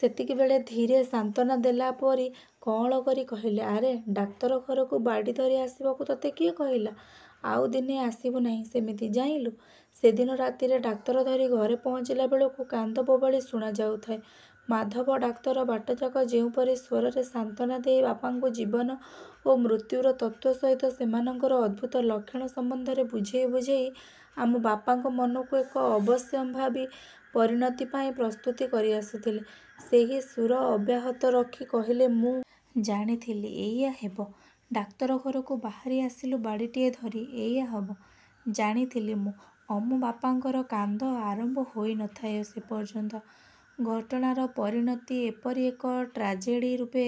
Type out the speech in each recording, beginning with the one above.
ସେତିକିବେଳେ ଧୀରେ, ସାନ୍ତ୍ୱନା ଦେଲା ପରି କଅଁଳ କରି କହିଲେ, "ଆରେ! ଡାକ୍ତର ଘରକୁ ବାଡ଼ି ଧରି ଆସିବାକୁ ତତେ କିଏ କହିଲା! ଆଉ ଦିନେ ଆସିବୁ ନାଇଁ ସେମିତି-ଜାଇଁଲୁ! " ସେଦିନ ରାତିରେ ଡାକ୍ତର ଧରି ଘରେ ପହଞ୍ଚିଲା ବେଳକୁ କାନ୍ଦବୋବାଳି ଶୁଣାଯାଉଥାଏ। ମାଧବ ଡାକ୍ତର ବାଟଯାକ ଯେଉଁପରି ସ୍ଵରରେ ସାନ୍ତ୍ୱନା ଦେଇ ବାପାଙ୍କୁ ଜୀବନ ଓ ମୃତ୍ୟୁର ତତ୍ତ୍ଵ ସହିତ ସେମାନଙ୍କର ଅଦ୍ଭୁତ ଲକ୍ଷଣ ସମ୍ବନ୍ଧରେ ବୁଝେଇ ବୁଝେଇ ଆମ ବାପାଙ୍କ ମନକୁ ଏକ ଅବଶ୍ୟମ୍ଭାବୀ ପରିଣତି ପାଇଁ ପ୍ରସ୍ତୁତ କରି ଆସୁଥିଲେ ସେହି ସୁର ଅବ୍ୟାହତ ରଖି କହିଲେ, "ମୁଁ। ଜାଣିଥିଲି। ଏଇଆ ହେବ। ଡାକ୍ତର ଘରକୁ ବାହାରି ଆସିଲୁ ବାଡ଼ିଟିଏ ଧରି। ଏଇଆ ହବ। ଜାଣିଥିଲି ମୁଁ " ଅମ ବାପାଙ୍କର କାନ୍ଦ ଆରମ୍ଭ ହେଇ ନ ଥାଏ ସେ ପର୍ଯ୍ୟନ୍ତ। ଘଟଣାର ପରିଣତି ଏପରି ଏକ ଟ୍ରାଜେଡ଼ି ରୂପେ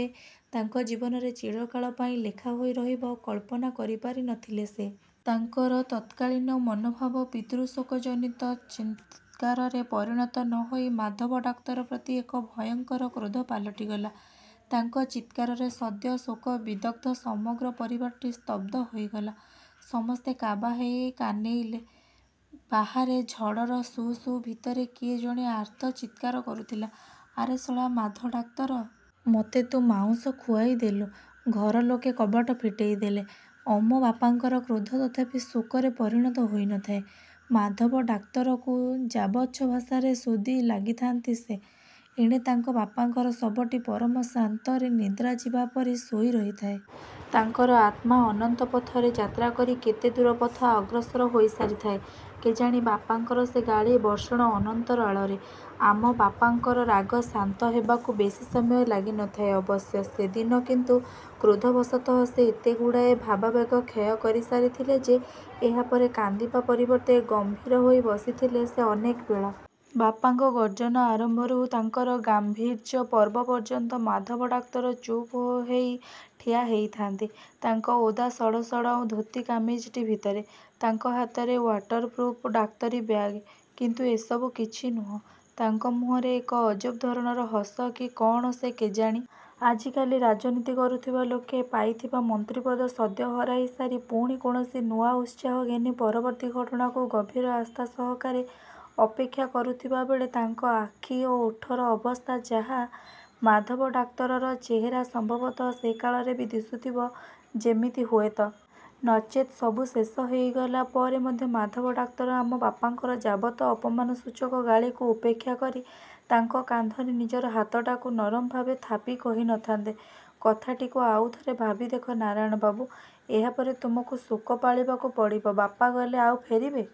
ତାଙ୍କ ଜୀବନରେ ଚିରକାଳ ପାଇଁ ଲେଖା ହୋଇ ରହିବ କଳ୍ପନା କରିପାରି ନ ଥିଲେ ସେ। ତାଙ୍କର ତତ୍କାଳୀନ ମନୋଭାବ ପିତୃଶୋକ ଜନିତ ଚିତ୍କାରରେ ପରିଣତ ନ ହୋଇ ମାଧବ ଡାକ୍ତର ପ୍ରତି ଏକ ଭୟଙ୍କର କ୍ରୋଧ ପାଲଟିଗଲା। ତାଙ୍କ ଚିତ୍କାରରେ ସଦ୍ୟ ଶୋକ ବିଦଗ୍ଧ ସମଗ୍ର ପରିବାରଟି ସ୍ତବ୍ଧ ହୋଇଗଲା। ସମସ୍ତେ କାବା ହେଇ କାନେଇଲେ। ବାହାରେ, ଝଡ଼ର ସୁ ସୁ ଭିତରେ କିଏ ଜଣେ ଆର୍ତ୍ତ ଚିତ୍କାର କରୁଥିଲା- "ଆରେ ଶଳା ମାଧ ଡାକ୍ତର। ମତେ ତୁ ମାଉଁସ ଖୁଆଇ ଦେଲୁ। " ଘର ଲୋକେ କବାଟ ଫିଟେଇ ଦେଲେ। ଅମ ବାପାଙ୍କର କ୍ରୋଧ ତଥାପି ଶୋକରେ ପରିଣତ ହୋଇ ନ ଥାଏ। ମାଧବ ଡାକ୍ତରକୁ ଯାବଚ୍ଛ ଭାଷାରେ ଶୋଧି ଲାଗିଥାନ୍ତି ସେ। ଏଣେ ତାଙ୍କ ବାପାଙ୍କର ଶବଟି ପରମ ଶାନ୍ତରେ ନିଦ୍ରା ଯିବା ପରି ଶୋଇ ରହିଥାଏ। ତାଙ୍କର ଆତ୍ମା ଅନନ୍ତ ପଥରେ ଯାତ୍ରା କରି କେତେ ଦୂର ପଥ ଅଗ୍ରସର ହୋଇ ସାରିଥାଏ କେଜାଣି ବାପାଙ୍କର ସେ ଗାଳି ବର୍ଷଣ ଅନ୍ତରାଳରେ। ଆମ ବାପାଙ୍କର ରାଗ ଶାନ୍ତ ହେବାକୁ ବେଶୀ ସମୟ ଲାଗି ନ ଥିଲା ଅବଶ୍ୟ ସେଦିନ। କିନ୍ତୁ, କ୍ରୋଧବଶତଃ ସେ ଏତେଗୁଡ଼ାଏ ଭାବାବେଗ କ୍ଷୟ କରି ସାରିଥିଲେ ଯେ ଏହାପରେ କାନ୍ଦିବା ପରିବର୍ତ୍ତେ ଗମ୍ଭୀର ହୋଇ ବସିଗଲେ ସେ ଅନେକ ବେଳ। ବାପାଙ୍କ ଗର୍ଜନ ଆରମ୍ଭରୁ ତାଙ୍କର ଗାମ୍ଭୀର୍ଯ୍ୟ ପର୍ବ ପର୍ଯ୍ୟନ୍ତ ମାଧବ ଡାକ୍ତର ଚୁପ୍ ହେଇ ଠିଆ ହେଇଥାନ୍ତି ତାଙ୍କ ଓଦା ସଢ଼ସଢ଼ ଧୋତି କାମିଜଟି ଭିତରେ। ତାଙ୍କ ହାତରେ ୱାଟରପ୍ରୁଫ୍ ଡାକ୍ତରୀ ବ୍ୟାଗ୍। କିନ୍ତୁ, ଏସବୁ କିଛି ନୁହଁ। ତାଙ୍କ ମୁହଁରେ ଏକ ଅଜବ ଧରଣର ହସ କି କଅଣ ସେ କେଜାଣି! ଆଜିକାଲି ରାଜନୀତି କରୁଥିବା ଲୋକେ ପାଇଥିବା ମନ୍ତ୍ରୀପଦ ସଦ୍ୟ ହରାଇ ସାରି ପୁଣି କୌଣସି ନୂଆ ଉତ୍ସାହ ଘେନି ପରବର୍ତ୍ତୀ ଘଟଣାକୁ ଗଭୀର ଆସ୍ଥା ସହକାରେ ଅପେକ୍ଷା କରୁଥିବା ବେଳେ ତାଙ୍କ ଆଖି ଓ ଓଠର ଅବସ୍ଥା ଯାହା ମାଧବ ଡାକ୍ତରର ଚେହେରା ସମ୍ଭବତଃ ସେକାଳରେ ବି ଦିଶୁଥିବ ଯେମିତି ହୁଏତ। ନଚେତ୍ ସବୁ ଶେଷ ହେଇଗଲା ପରେ ମଧ୍ୟ ମାଧବ ଡାକ୍ତର ଆମ ବାପାଙ୍କର ଯାବତ ଅପମାନସୂଚକ ଗାଳିକୁ ଉପେକ୍ଷା କରି, ତାଙ୍କ କାନ୍ଧରେ ନିଜର ହାତଟାକୁ ନରମଭାବେ ଥାପି କହି ନ ଥାନ୍ତେ। "କଥାଟିକୁ ଆଉଥରେ ଭାବି ଦେଖ ନାରାୟଣ ବାବୁ! ଏହାପରେ ତମକୁ ଶୋକ ପାଳିବାକୁ ପଡ଼ିବ। ବାପା ଗଲେ-ଆଉ ଫେରିବେ